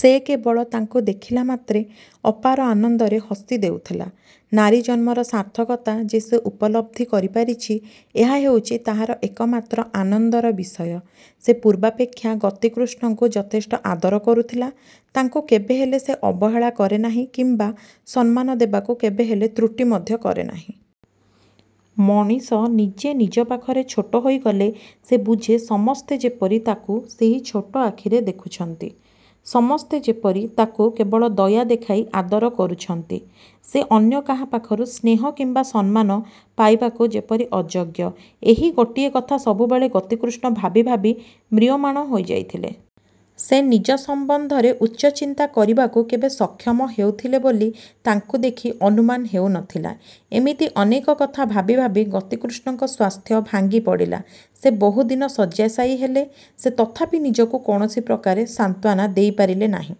ସେ କେବଳ ତାଙ୍କୁ ଦେଖିଲାମାତ୍ରେ ଅପାର ଆନନ୍ଦରେ ହସି ଦେଉଥିଲା। ନାରୀ ଜନ୍ମର ସାର୍ଥକତା ଯେ ସେ ଉପଲବ୍ଧି କରିପାରିଛି ଏହା ହେଉଛି ତାହାର ଏକମାତ୍ର ଆନନ୍ଦର ବିଷୟ। ସେ ପୂର୍ବାପେକ୍ଷା ଗତିକୃଷ୍ଣଙ୍କୁ ଯଥେଷ୍ଟ ଆଦର କରୁଥିଲା। ତାଙ୍କୁ କେବେହେଲେ ସେ ଅବହେଳା କରେନାହିଁ କିମ୍ବା ସମ୍ମାନ ଦେବାକୁ କେବେହେଲେ ତ୍ରୁଟି ମଧ୍ୟ କରେନାହିଁ। ମଣିଷ ନିଜେ ନିଜ ପାଖରେ ଛୋଟ ହୋଇଗଲେ ସେ ବୁଝେ ସମସ୍ତେ ଯେପରି ତାକୁ ସେହି ଛୋଟ ଆଖିରେ ଦେଖୁଛନ୍ତି। ସମସ୍ତେ ଯେପରି ତାକୁ କେବଳ ଦୟା ଦେଖାଇ ଆଦର କରୁଛନ୍ତି। ସେ ଅନ୍ୟ କାହାପାଖରୁ ସ୍ନେହ କିମ୍ବା ସମ୍ମାନ ପାଇବାକୁ ଯେପରି ଅଯୋଗ୍ୟ ଏହି ଗୋଟିଏ କଥା ସବୁବେଳେ ଗତିକୃଷ୍ଣ ଭାବିଭାବି ମ୍ରିୟମାଣ ହୋଇଯାଇଥିଲେ। ସେ ନିଜ ସମ୍ବନ୍ଧରେ ଉଚ୍ଚଚିନ୍ତା କରିବାକୁ କେବେ ସକ୍ଷମ ହେଉଥିଲେ ବୋଲି ତାଙ୍କୁ ଦେଖି ଅନୁମାନ ହେଉନଥିଲା। ଏମିତି ଅନେକ କଥା ଭାବି ଭାବି ଗତିକୃଷ୍ଣଙ୍କ ସ୍ୱାସ୍ଥ୍ୟ ଭାଙ୍ଗିପଡ଼ିଲା। ସେ ବହୁଦିନ ଶଯ୍ୟାଶାୟୀ ହେଲେ। ସେ ତଥାପି ନିଜକୁ କୌଣସି ପ୍ରକାରେ ସାନ୍ତ୍ୱାନା ଦେଇପାରିଲେ ନାହିଁ।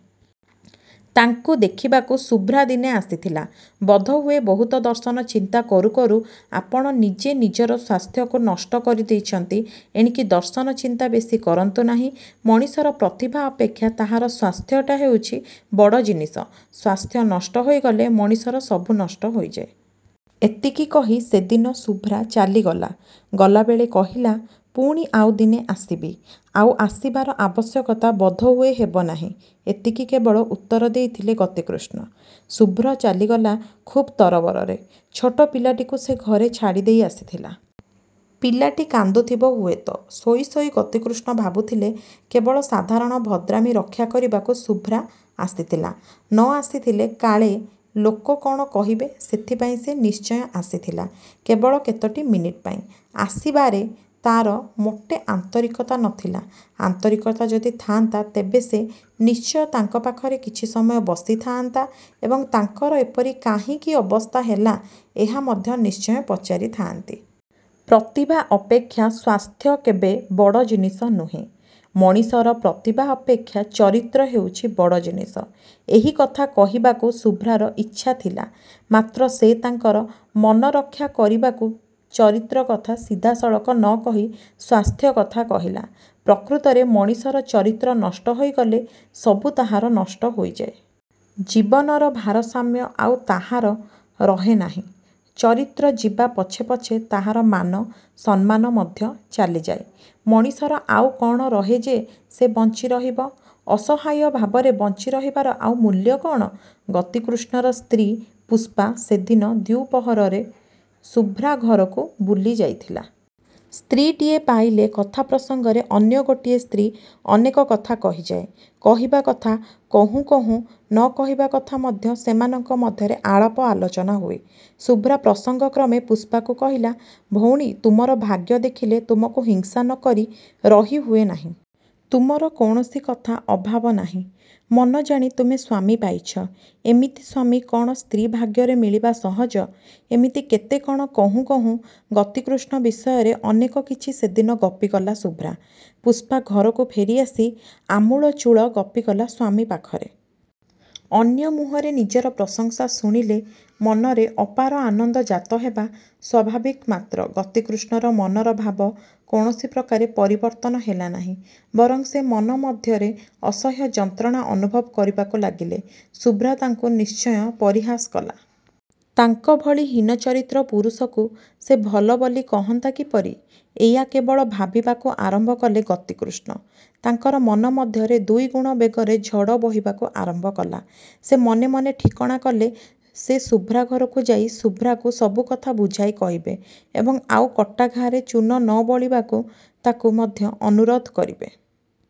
ତାଙ୍କୁ ଦେଖିବାକୁ ଶୁଭ୍ରା ଦିନେ ଆସିଥିଲା। ବୋଧହୁଏ ବହୁତ ଦର୍ଶନ ଚିନ୍ତା କରୁକରୁ ଆପଣ ନିଜେ ନିଜର ସ୍ୱାସ୍ଥ୍ୟକୁ ନଷ୍ଟ କରିଦେଇଛନ୍ତି। ଏଣିକି ଦର୍ଶନ ଚିନ୍ତା ବେଶି କରନ୍ତୁ ନାହିଁ। ମଣିଷର ପ୍ରତିଭା ଅପେକ୍ଷା ତାହାର ସ୍ୱାସ୍ଥ୍ୟଟା ହେଉଛି ବଡ଼ ଜିନିଷ। ସ୍ୱାସ୍ଥ୍ୟ ନଷ୍ଟ ହୋଇଗଲେ ମଣିଷର ସବୁ ନଷ୍ଟ ହୋଇଯାଏ। '' ଏତିକି କହି ସେଦିନ ଶୁଭ୍ରା ଚାଲିଗଲା। ଗଲାବେଳେ କହିଲା, ''ପୁଣି ଆଉଦିନେ ଆସିବି। '' ''ଆଉ ଆସିବାର ଆବଶ୍ୟକତା ବୋଧହୁଏ ହେବନାହିଁ। ଏତିକି କେବଳ ଉତ୍ତର ଦେଇଥିଲେ ଗତିକୃଷ୍ଣ। '' ଶୁଭ୍ରା ଚାଲିଗଲା ଖୁବ୍ ତରବରରେ। ଛୋଟ ପିଲାଟିକୁ ସେ ଘରେ ଛାଡ଼ି ଦେଇ ଆସିଥିଲା। ପିଲାଟି କାନ୍ଦୁଥିବ ହୁଏତ। ଶୋଇଶୋଇ ଗତିକୃଷ୍ଣ ଭାବୁଥିଲେ କେବଳ ସାଧାରଣ ଭଦ୍ରାମି ରକ୍ଷାକରିବାକୁ ଶୁଭ୍ରା ଆସିଥିଲା, ନ ଆସିଥିଲେ କାଳେ ଲୋକ କ'ଣ କହିବେ ସେଥିପାଇଁ ସେ ନିଶ୍ଚୟ ଆସିଥିଲା କେବଳ କେତୋଟି ମିନିଟ୍ ପାଇଁ। ଆସିବାରେ ତା'ର ମୋଟେ ଆନ୍ତରିକତା ନ ଥିଲା। ଆନ୍ତରିକତା ଯଦି ଥାଆନ୍ତା ତେବେ ସେ ନିଶ୍ଚୟ ତାଙ୍କ ପାଖରେ କିଛି ସମୟ ବସିଥାଆନ୍ତା ଏବଂ ତାଙ୍କର ଏପରି କାହିଁକି ଅବସ୍ଥା ହେଲା ଏହା ମଧ୍ୟ ନିଶ୍ଚୟ ପଚାରିଥାଆନ୍ତି। ପ୍ରତିଭା ଅପେକ୍ଷା ସ୍ୱାସ୍ଥ୍ୟ କେବେ ବଡ଼ ଜିନିଷ ନୁହେଁ। ମଣିଷର ପ୍ରତିଭା ଅପେକ୍ଷା ଚରିତ୍ର ହେଉଛି ବଡ଼ ଜିନିଷ। ଏହିକଥା କହିବାକୁ ଶୁଭ୍ରାର ଇଚ୍ଛା ଥିଲା; ମାତ୍ର ସେ ତାଙ୍କର ମନରକ୍ଷା କରିବାକୁ ଚରିତ୍ର କଥା ସିଧାସଳଖ ନ କହି ସ୍ୱାସ୍ଥ୍ୟ କଥା କହିଲା। ପ୍ରକୃତରେ ମଣିଷର ଚରିତ୍ର ନଷ୍ଟ ହୋଇଗଲେ ସବୁ ତାହାର ନଷ୍ଟ ହୋଇଯାଏ। ଜୀବନର ଭାରସାମ୍ୟ ଆଉ ତାହାର ରହେନାହିଁ। ଚରିତ୍ର ଯିବା ପଛେ ପଛେ ତାହାର ମାନ, ସମ୍ମାନ ମଧ୍ୟ ଚାଲିଯାଏ। ମଣିଷର ଆଉ କ'ଣ ରହେ ଯେ ସେ ବଞ୍ଚିରହିବ? ଅସହାୟ ଭାବରେ ବଞ୍ଚିରହିବାର ଆଉ ମୂଲ୍ୟ କ'ଣ? ଗତିକୃଷ୍ଣର ସ୍ତ୍ରୀ ପୁଷ୍ପା ସେଦିନ ଦ୍ୱିପ୍ରହରରେ ଶୁଭ୍ରା ଘରକୁ ବୁଲିଯାଇଥିଲା। ସ୍ତ୍ରୀଟିଏ ପାଇଲେ କଥା ପ୍ରସଙ୍ଗରେ ଅନ୍ୟ ଗୋଟିଏ ସ୍ତ୍ରୀ ଅନେକ କଥା କହିଯାଏ। କହିବା କଥା କହୁଁ କହୁଁ ନ କହିବା କଥା ମଧ୍ୟ ସେମାନଙ୍କ ମଧ୍ୟରେ ଆଳାପ ଆଲୋଚନା ହୁଏ। ଶୁଭ୍ରା ପ୍ରସଙ୍ଗକ୍ରମେ ପୁଷ୍ପାକୁ କହିଲା, ''ଭଉଣୀ! ତୁମର ଭାଗ୍ୟ ଦେଖିଲେ ତୁମକୁ ହିଂସା ନ କରି ରହିହୁଏ ନାହିଁ।। ତୁମର କୌଣସି କଥା ଅଭାବ ନାହିଁ। ମନ ଜାଣି ତୁମେ ସ୍ୱାମୀ ପାଇଛ। ଏମିତି ସ୍ୱାମୀ କ'ଣ ସ୍ତ୍ରୀ ଭାଗ୍ୟରେ ମିଳିବା ସହଜ? '' ଏମିତି କେତେ କ'ଣ କହୁଁ କହୁଁ ଗତିକୃଷ୍ଣ ବିଷୟରେ ଅନେକ କିଛି ସେଦିନ ଗପିଗଲା ଶୁଭ୍ରା। ପୁଷ୍ପା ଘରକୁ ଫେରିଆସି ଆମୂଳଚୂଳ ଗପିଗଲା ସ୍ୱାମୀ ପାଖରେ। ଅନ୍ୟ ମୁହଁରେ ନିଜର ପ୍ରଶଂସା ଶୁଣିଲେ ମନରେ ଅପାର ଆନନ୍ଦ ଜାତ ହେବା ସ୍ୱାଭାବିକ ମାତ୍ର ଗତିକୃଷ୍ଣର ମନର ଭାବ କୌଣସି ପ୍ରକାରେ ପରିବର୍ତ୍ତନ ହେଲାନାହିଁ; ବରଂ ସେ ମନ ମଧ୍ୟରେ ଅସହ୍ୟ ଯନ୍ତ୍ରଣା ଅନୁଭବ କରିବାକୁ ଲାଗିଲେ। ଶୁଭ୍ରା ତାଙ୍କୁ ନିଶ୍ଚୟ ପରିହାସ କଲା। ତାଙ୍କ ଭଳି ହୀନଚରିତ୍ର ପୁରୁଷକୁ ସେ ଭଲ ବୋଲି କହନ୍ତା କିପରି? ଏୟା କେବଳ ଭାବିବାକୁ ଆରମ୍ଭ କଲେ ଗତିକୃଷ୍ଣ। ତାଙ୍କର ମନ ମଧ୍ୟରେ ଦୁଇଗୁଣ ବେଗରେ ଝଡ଼ ବହିବାକୁ ଆରମ୍ଭକଲା। ସେ ମନେମନେ ଠିକଣା କଲେ ସେ ଶୁଭ୍ରା ଘରକୁ ଯାଇ ଶୁଭ୍ରାକୁ ସବୁକଥା ବୁଝାଇ କହିବେ ଏବଂ ଆଉ କଟା ଘାଆରେ ଚୂନ ନ ବୋଳିବାକୁ ତାକୁ ମଧ୍ୟ ଅନୁରୋଧ କରିବେ।